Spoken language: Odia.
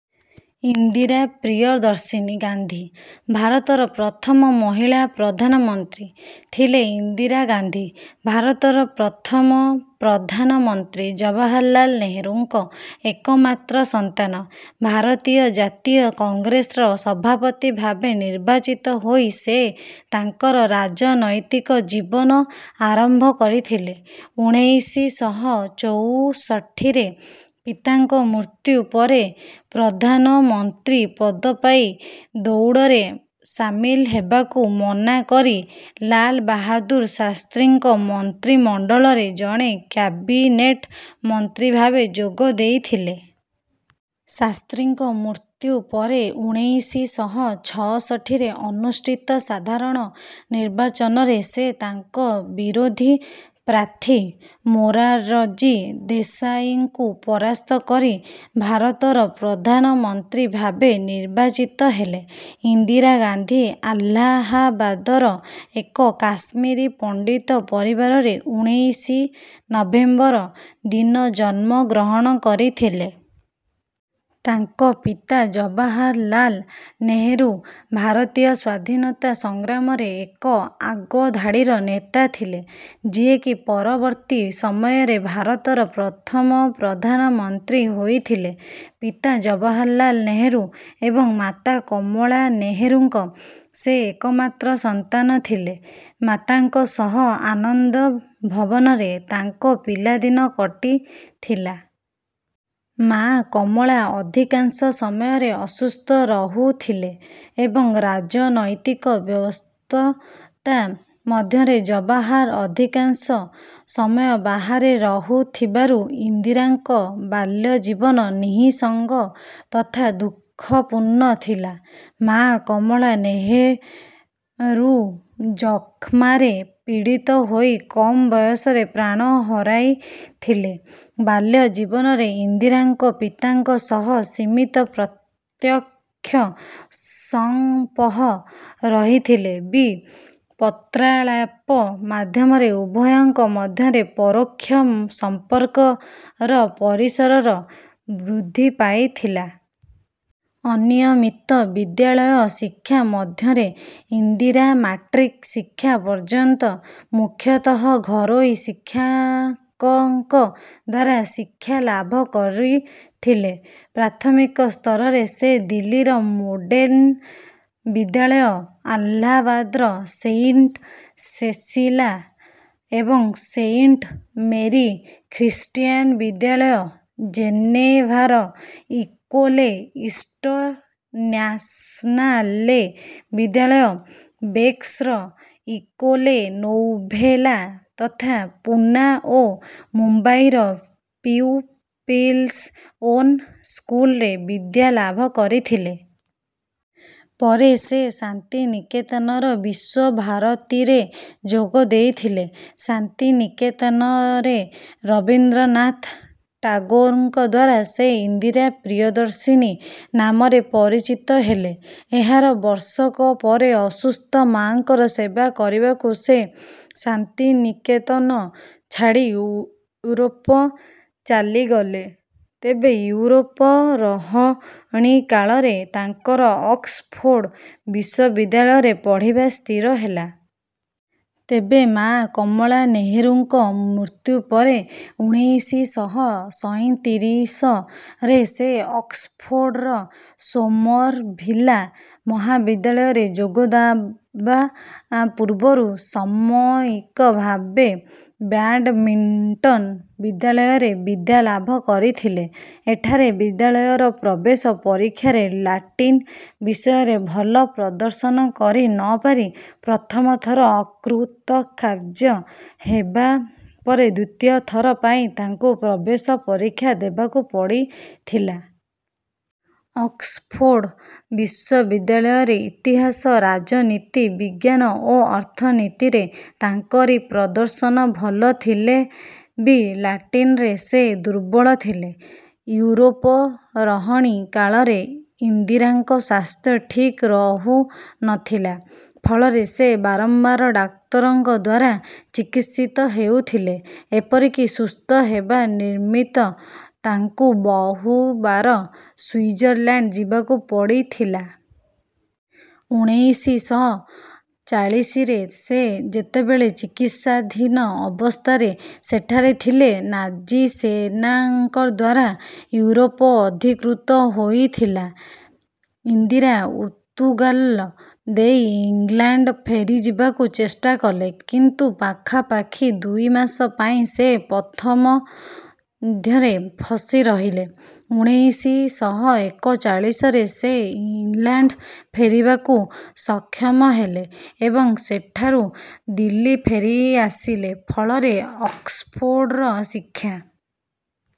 ଇନ୍ଦିରା ପ୍ରିୟଦର୍ଶିନୀ ଗାନ୍ଧୀ, ଭାରତର ପ୍ରଥମ ମହିଳା ପ୍ରଧାନମନ୍ତ୍ରୀ ଥିଲେ। ଇନ୍ଦିରା ଗାନ୍ଧୀ ଭାରତର ପ୍ରଥମ ପ୍ରଧାନ ମନ୍ତ୍ରୀ ଜବାହରଲାଲ ନେହେରୁଙ୍କ ଏକମାତ୍ର ସନ୍ତାନ। ଭାରତୀୟ ଜାତୀୟ କଂଗ୍ରେସର ସଭାପତି ଭାବେ ନିର୍ବାଚିତ ହୋଇ ସେ ତାଙ୍କର ରାଜନୈତିକ ଜୀବନ ଆରମ୍ଭ କରିଥିଲେ। ଉଣେଇଶି ଶହ ଚଉଷଠିରେ ପିତାଙ୍କ ମୃତ୍ୟୁ ପରେ ପ୍ରଧାନ ମନ୍ତ୍ରୀ ପଦପାଇଁ ଦୌଡରେ ସାମିଲ ହେବାକୁ ମନାକରି ଲାଲ ବାହାଦୁର ଶାସ୍ତ୍ରୀଙ୍କ ମନ୍ତ୍ରୀମଣ୍ଡଳରେ ଜଣେ କ୍ୟାବିନେଟ ମନ୍ତ୍ରୀଭାବେ ଯୋଗ ଦେଇଥିଲେ। ଶାସ୍ତ୍ରୀଙ୍କ ମୃତ୍ୟୁପରେ, ଉଣେଇଶି ଶହ ଛଅଷଠିରେ ଅନୁଷ୍ଠିତ ସାଧାରଣ ନିର୍ବାଚନରେ ସେ ତାଙ୍କ ବିରୋଧୀ ପ୍ରାର୍ଥୀ ମୋରାରଜୀ ଦେଶାଇଙ୍କୁ ପରାସ୍ତ କରି ଭାରତର ପ୍ରଧାନ ମନ୍ତ୍ରୀ ଭାବେ ନିର୍ବାଚିତ ହେଲେ। ଇନ୍ଦିରା ଗାନ୍ଧୀ ଆଲାହାବାଦର ଏକ କାଶ୍ମୀରୀ ପଣ୍ଡିତ ପରିବାରରେ ଉଣେଇଶି ନଭେମ୍ବର, ଦିନ ଜନ୍ମ ଗ୍ରହଣ କରିଥିଲେ। ତାଙ୍କ ପିତା ଜବାହରଲାଲ ନେହେରୁ ଭାରତୀୟ ସ୍ୱାଧୀନତା ସଂଗ୍ରାମରେ ଏକ ଆଗଧାଡିର ନେତା ଥିଲେ ଯିଏ କି ପରବର୍ତ୍ତୀ ସମୟରେ ଭାରତର ପ୍ରଥମ ପ୍ରଧାନ ମନ୍ତ୍ରୀ ହୋଇଥିଲେ। ପିତା ଜବାହରଲାଲ ନେହେରୁ ଏବଂ ମାତା କମଳା ନେହେରୁଙ୍କ ସେ ଏକମାତ୍ର ସନ୍ତାନ ଥିଲେ। ମାତାଙ୍କ ସହ ଆନନ୍ଦ ଭବନରେ ତାଙ୍କ ପିଲାଦିନ କଟିଥିଲା। ମାଆ କମଳା ଅଧିକାଂଶ ସମୟରେ ଅସୁସ୍ଥ ରହୁଥିଲେ ଏବଂ ରାଜନୈତିକ ବ୍ୟସ୍ତତା ମଧ୍ୟରେ ଜବାହର ଅଧିକାଂଶ ସମୟ ବାହାରେ ରହୁଥିବାରୁ ଇନ୍ଦିରାଙ୍କ ବାଲ୍ୟଜୀବନ ନିଃସଙ୍ଗ ତଥା ଦୁଃଖପୂର୍ଣ୍ଣ ଥିଲା। ମାଆ କମଳା ନେହରୁ ଯକ୍ଷ୍ମାରେ ପୀଡିତ ହୋଇ କମ୍ ବୟସରେ ପ୍ରାଣ ହରାଇଥିଲେ। ବାଲ୍ୟ ଜୀବନରେ ଇନ୍ଦିରାଙ୍କ ପିତାଙ୍କ ସହ ସୀମିତ ପ୍ରତ୍ୟକ୍ଷ ସଂପର୍ହ ରହିଥିଲେ ବି ପତ୍ରାଳାପ ମାଧ୍ୟମରେ ଉଭୟଙ୍କ ମଧ୍ୟରେ ପରୋକ୍ଷ ସମ୍ପର୍କର ପରିସର ବୃଦ୍ଧି ପାଇଥିଲା। ଅନିୟମିତ ବିଦ୍ୟାଳୟ ଶିକ୍ଷା ମଧ୍ୟରେ ଇନ୍ଦିରା ମାଟ୍ରିକ ଶିକ୍ଷା ପର୍ଯ୍ୟନ୍ତ ମୁଖ୍ୟତଃ ଘରୋଇ ଶିକ୍ଷକଙ୍କଦ୍ୱାରା ଶିକ୍ଷା ଲାଭ କରିଥିଲେ। ପ୍ରାଥମିକ ସ୍ତରରେ ସେ ଦିଲ୍ଲୀର ମୋଡେର୍ଣ୍ଣ ବିଦ୍ୟାଳୟ, ଆଲାହାବାଦର ସେଇଣ୍ଟ ସେସିଲା ଏବଂ ସେଇଣ୍ଟ ମେରୀ ଖ୍ରୀଷ୍ଟୀୟାନ ବିଦ୍ୟାଳୟ ଜେନେଭାର ଇକୋଲେ ଇଣ୍ଟନ୍ୟାସନାଲେ ବିଦ୍ୟାଳୟ, ବେକ୍ସର ଇକୋଲେ ନୌଭେଲା ତଥା ପୁନା ଓ ମୁମ୍ବାଇର ପ୍ୟୂପିଲସ୍ ଓନ୍ ସ୍କୁଲରେ ବିଦ୍ୟାଲାଭ କରିଥିଲେ। ପରେ ସେ ଶାନ୍ତିନିକେତନର ବିଶ୍ୱ ଭାରତୀରେ ଯୋଗ ଦେଇଥିଲେ। ଶାନ୍ତିନିକେତନରେ ରବିନ୍ଦ୍ରନାଥ ଟାଗୋରଙ୍କଦ୍ୱାରା ସେ ଇନ୍ଦିରା ପ୍ରିୟଦର୍ଶିନୀ ନାମରେ ପରିଚିତ ହେଲେ। ଏହାର ବର୍ଷକ ପରେ ଅସୁସ୍ଥ ମାଁଙ୍କର ସେବା କରିବାକୁ ସେ ଶାନ୍ତିନିକେତନ ଛାଡି ଇଉରୋପ ଚାଲିଗଲେ। ତେବେ ଇଉରୋପ ରହଣିକାଳରେ ତାଙ୍କର ଅକ୍ସଫୋର୍ଡ ବିଶ୍ୱବିଦ୍ୟାଳୟରେ ପଢିବା ସ୍ଥିର ହେଲା। ତେବେ ମାଁ କମଳା ନେହେରୁଙ୍କ ମୃତ୍ୟୁ ପରେ ଉଣେଇଶି ଶହ ସଇଁତିରିଶ ରେ ସେ ଅକ୍ସଫୋର୍ଡର ସୋମରଭିଲ୍ଲା ମହାବିଦ୍ୟାଳରେ ଯୋଗଦେବା ପୂର୍ବରୁ ସାମୟିକ ଭାବେ ବ୍ୟାଡମିଣ୍ଟନ୍ ବିଦ୍ୟାଳୟରେ ବିଦ୍ୟାଲାଭ କରିଥିଲେ। ଏଠାରେ ବିଦ୍ୟାଳୟର ପ୍ରବେଶ ପରୀକ୍ଷାରେ ଲାଟିନ ବିଷୟରେ ଭଲ ପ୍ରଦର୍ଶନ କରି ନ ପାରି ପ୍ରଥମ ଥର ଅକୃତକାର୍ଯ୍ୟ ହେବାପରେ ଦ୍ୱିତୀୟ ଥର ପାଇଁ ତାଙ୍କୁ ପ୍ରବେଶ ପରୀକ୍ଷା ଦେବାକୁ ପଡିଥିଲା। ଅକ୍ସଫୋର୍ଡ ବିଶ୍ୱବିଦ୍ୟାଳୟରେ ଇତିହାସ, ରାଜନୀତି ବିଜ୍ଞାନ ଓ ଅର୍ଥନୀତିରେ ତାଙ୍କରି ପ୍ରଦର୍ଶନ ଭଲ ଥିଲେ ବି ଲାଟିନରେ ସେ ଦୁର୍ବଳ ଥିଲେ। ଇଉରୋପ ରହଣୀ କାଳରେ ଇନ୍ଦିରାଙ୍କ ସ୍ୱାସ୍ଥ୍ୟ ଠିକ୍ ରହୁ ନ ଥିଲା। ଫଳରେ ସେ ବାରମ୍ବାର ଡାକ୍ତରଙ୍କଦ୍ୱାରା ଚିକିତ୍ସିତ ହେଉଥିଲେ। ଏପରିକି ସୁସ୍ଥ ହେବା ନିମିତ୍ତ ତାଙ୍କୁ ବହୁବାର ସୁଇଜରଲାଣ୍ଡ ଯିବାକୁ ପଡିଥିଲା। ଉଣେଇଶି ଶହ ଚାଳିଶିରେ ସେ ଯେତେବେଳେ ଚିକିତ୍ସାଧୀନ ଅବସ୍ଥାରେ ସେଠାରେ ଥିଲେ, ନାଜିସେନାଙ୍କଦ୍ୱାରା ଇଉରୋପ ଅଧିକୃତ ହୋଇଥିଲା। ଇନ୍ଦିରା ପର୍ତ୍ତୁଗାଲ ଦେଇ ଇଂଲାଣ୍ଡ ଫେରିଯିବାକୁ ଚେଷ୍ଟା କଲେ, କିନ୍ତୁ ପାଖାପାଖି ଦୁଇମାସ ପାଇଁ ସେ ପଥମଧ୍ୟରେ ଫସି ରହିଲେ। ଉଣେଇଶି ଶହ ଏକଚାଳିଶରେ ସେ ଇଂଲାଣ୍ଡ ଫେରିବାକୁ ସକ୍ଷମ ହେଲେ ଏବଂ ସେଠାରୁ ଦିଲ୍ଲୀ ଫେରିଆସିଲେ। ଫଳରେ ଅକ୍ସଫୋର୍ଡର ଶିକ୍ଷା